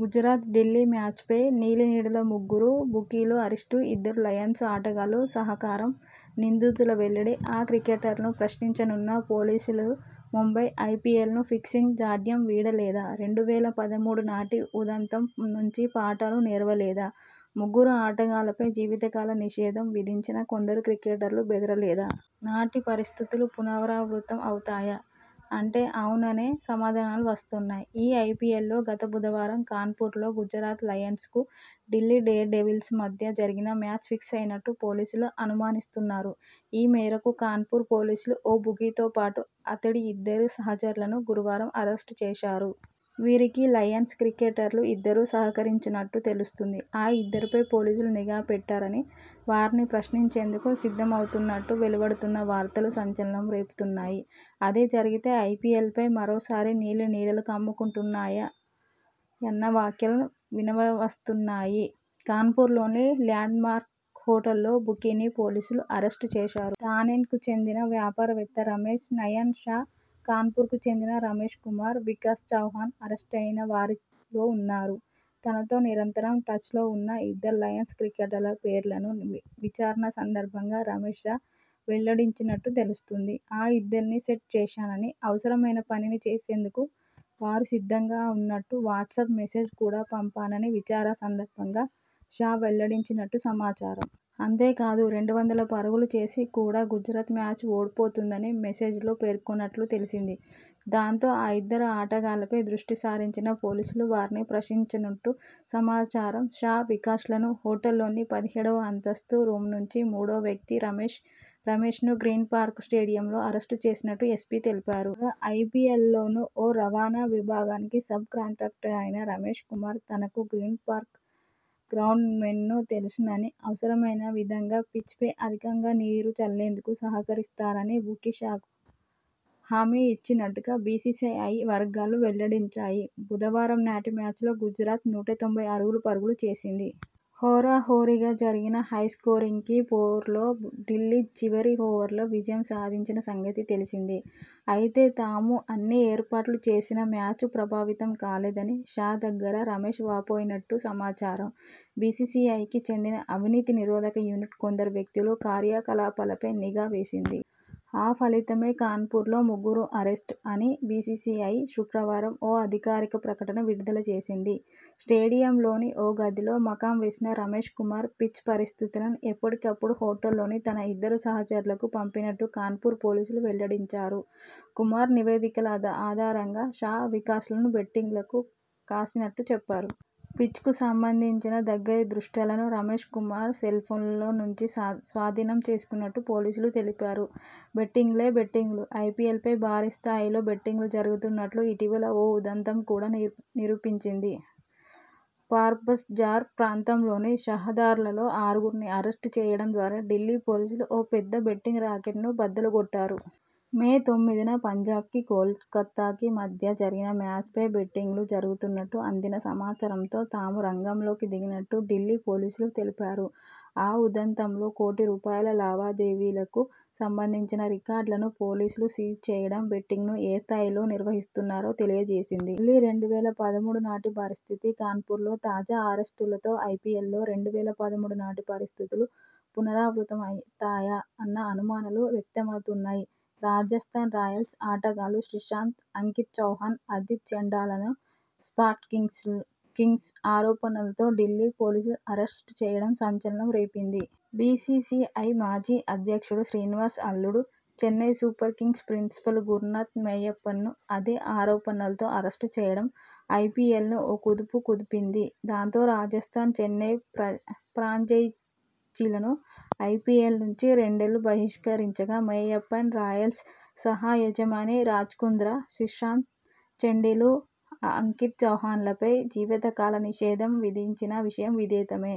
Gujarat Delhi match పై నీలినీడలుముగ్గురు బుకీల అరెస్ట్ఇద్దరు లయన్స్ ఆటగాళ్ల సహకారం! నిందితుల వెల్లడి ఆ క్రికెటర్లు ప్రశ్నించనున్న పోలీసులుముంబై ఐపీఎల్ ను ఫిక్సింగ్ జాఢ్యం వీడలేదా..రెండు వేల పదమూడునాటి ఉదంతం నుంచి పాఠాలు నేర్వలేదా.. ముగ్గురు ఆటగాళ్లపై జీవితకాల నిషేధం విధించినా కొందరు క్రికెటర్లు బెదరలేదా.. నాటి పరిస్థితులు పునరావృతం అవుతాయా.. అంటే అవుననే సమాధానాలు వస్తున్నాయి. ఈ ఐపీఎల్లో గత బుధవారం కాన్పూర్లో గుజరాత్ లయన్స్ కు ఢిల్లీ డేర్ డెవిల్స్ మధ్య జరిగిన మ్యాచ్ ఫిక్సయినట్టు పోలీసులు అనుమానిస్తున్నారు. ఈమేరకు కాన్పూర్ పోలీసులు ఓ బుకీతోపాటు అతడి ఇద్దరు సహచరులను గురువారం అరెస్ట్ చేశారు. వీరికి లయన్స్ క్రికెటర్లు ఇద్దరు సహకరించినట్టు తెలుస్తోంది. ఆ ఇద్దరిపై పోలీసులు నిఘా పెట్టారని, వారిని ప్రశ్నించేందుకు సిద్ధమవుతున్నట్టు వెలువడుతున్న వార్తలు సంచలనం రేపుతున్నాయి. అదే జరిగితే ఐపీఎల్ పై మరోసారి నీలినీడలు కమ్ముకుంటాయ అన్న వ్యాఖ్యలు వినవస్తున్నాయి. కాన్పూర్లోని ల్యాండ్మార్క్ హోటల్లో బుకీని పోలీసులు అరెస్ట్ చేశారు. థానెకు చెందిన వ్యాపారవేత్త రమేష్ నయన్ షా, కాన్పూర్కు చెందిన రమేష్ కుమార్, వికాస్ చౌహాన్ అరెస్టయిన వారిలో ఉన్నారు. తనతో నిరంతరం టచ్ లో ఉన్న ఇద్దరు లయన్స్ క్రికెటర్ల పేర్లను విచారణ సందర్భంగా రమేష్ షా వెల్లడించినట్టు తెలుస్తోంది. ఆ ఇద్దరిని 'సెట్' చేశానని, అవసరమైన 'పని' చేసేందుకు వారు సిద్ధంగా ఉన్నట్టు వాట్సప్ మెసెజ్ కూడా పంపానని విచారణ సందర్భంగా షా వెల్లడించినట్టు సమాచారం. అంతేకాదు రెండు వందల పరుగులు చేసి కూడా గుజరాత్ మ్యాచ్ ఓడిపోతుందని మెసెజ్లో పేర్కొన్నట్లు తెలిసింది. దాంతో ఆ ఇద్దరు ఆటగాళ్లపై దృష్టి సారించిన పోలీ సులు వారిని ప్రశ్నించనున్నట్టు సమాచారం. షా, వికాస్లను హోటల్లోని పదిహేడువ అంతస్తు రూమ్నుంచి, మూడో వ్యక్తి రమేష్ రమేష్ ను గ్రీన్ పార్క్ స్టేడియంలో అరెస్ట్ చేసినట్టు ఎస్పీ తెలిపారు. కాగా ఐపీఎల్లో ఓ రవాణా విభాగానికి సబ్ కాంట్రాక్టర్ అయిన రమేష్ కుమార్.. తనకు గ్రీనపార్క్ గ్రౌండ్మేన్ తెలుసునని, అవసరమైన విధంగా పిచ్ పై అధికంగా నీరు చల్లేందుకు సహకరిస్తారని బుకీ షాకు హామీ ఇచ్చినట్టు బీసీసీఐ వర్గాలు వెల్లడించాయి. బుధవారంనాటి మ్యాచ్ లో గుజరాత్ నూట తొంభై ఆరు పరుగులు చేసింది. హోరాహోరీగా జరిగిన హై స్కోరింగ్కి పోరులో ఢిల్లీ చివరి ఓవర్లో విజయం సాధించిన సంగతి తెలిసిందే. అయితే తాము అన్ని 'ఏర్పాట్లు' చేసినా మ్యాచ్ ప్రభావితం కాలేదని షా దగ్గర రమేష్ వాపోయినట్టు సమాచారం 'బీసీసీఐకి చెందిన అవినీతి నిరోధక యూనిట్ కొందరు వ్యక్తుల కార్యకలాపాలపై నిఘా వేసింది. ఆ ఫలితమే కాన్పూర్లో ముగ్గురు అరెస్ట్' అని బీసీసీఐ శుక్రవారం ఓ అధికారిక ప్రకటన విడుదలజేసింది. స్టేడియంలోని ఓ గదిలో మకాం వేసిన రమేష్ కుమార్.. పిచ్ పరిస్థితులను ఎప్పటికప్పుడు హోటల్లోని తన ఇద్దరు సహచరులకు పంపినట్టు కాన్పూర్ పోలీసులు వెల్లడించారు. కుమార్ నివేదికల ఆధారంగా షా, వికాస్ లు బెట్టింగ్లు కాసినట్టు చెప్పారు. పిచ్కు సంబంధించిన దగ్గరి దృశ్యాలను రమేష్ కుమార్ సెల్ఫోన్ లోనించి స్వాధీనం చేసుకున్నట్టు పోలీసులు తెలిపారు. బెట్టింగ్లే.. బెట్టింగ్లు ఐపీఎల్పై భారీ స్థాయిలో బెట్టింగ్లు జరుగుతున్నట్టు ఇటీవలి ఓ ఉదంతం కూడా నిరూపించింది. ఫార్స్బజార్ ప్రాంతంలోని షహదారాలో ఆరుగురిని అరెస్ట్ చేయడం ద్వారా ఢిల్లీ పోలీసులు ఓ పెద్ద బెట్టింగ్ రాకెట్ను బద్దలుగొట్టారు. మేతొమ్మిదిన పంజాబ్ కు కోల్కతా మధ్య జరిగిన మ్యాచ్ పై బెట్టింగ్లు జరుగుతున్నట్టు అందిన సమాచారంతో తాము రంగంలోకి దిగినట్టు ఢిల్లీ పోలీసులు తెలిపారు. ఆ ఉదంతంలో.. కోటి రూపాయల లావాదేవీలకు సంబంధించిన రికార్డులను పోలీసులు సీజ్ చేయడం బెట్టింగ్ను ఏ స్థాయిలో నిర్వహిస్తున్నారో తెలియజేసింది. మళ్లీ రెండు వేల పదమూడునాటి పరిస్థితి? కాన్పూర్లో తాజా అరెస్ట్లతో ఐపీఎల్లో రెండు వేల పదమూడునాటి పరిస్థితులు పునరావృత అయితాయా అన్న అనుమానాలు వ్యక్తమవుతున్నాయి. రాజస్థాన్ రాయల్స్ ఆటగాళ్లు శ్రీశాంత్, అంకిత్ చౌహాన్, అజిత్ చండీలాలను స్పాట్ఫిక్సింగ్ ఆరోపణలతో ఢిల్లీ పోలీసులు అరెస్ట్ చేయడం సంచలనం రేపింది. బీసీసీఐ మాజీ అధ్యక్షుడు శ్రీనివాస్ అల్లుడు, Chennai Super Kings principal Gurunath మేయప్పన్ను అదే ఆరోపణలతో అరెస్ట్ చేయడం ఐపీఎల్ను ఓ కుదుపు కుదిపింది. దాంతో రాజస్థాన్, చెన్నై ఫ్రాంచైజీలను ఐపీఎల్నుంచి రెండేళ్లు బహిష్కరించగా.. మేయప్పన్, 'రాయల్స్' సహ యజమాని రాజ్కుంద్రా, శ్రీశాంత్, చండీలా, అంకిత్ చౌహాన్ లపై జీవితకాల నిషేధం విధించిన విషయం విదితమే.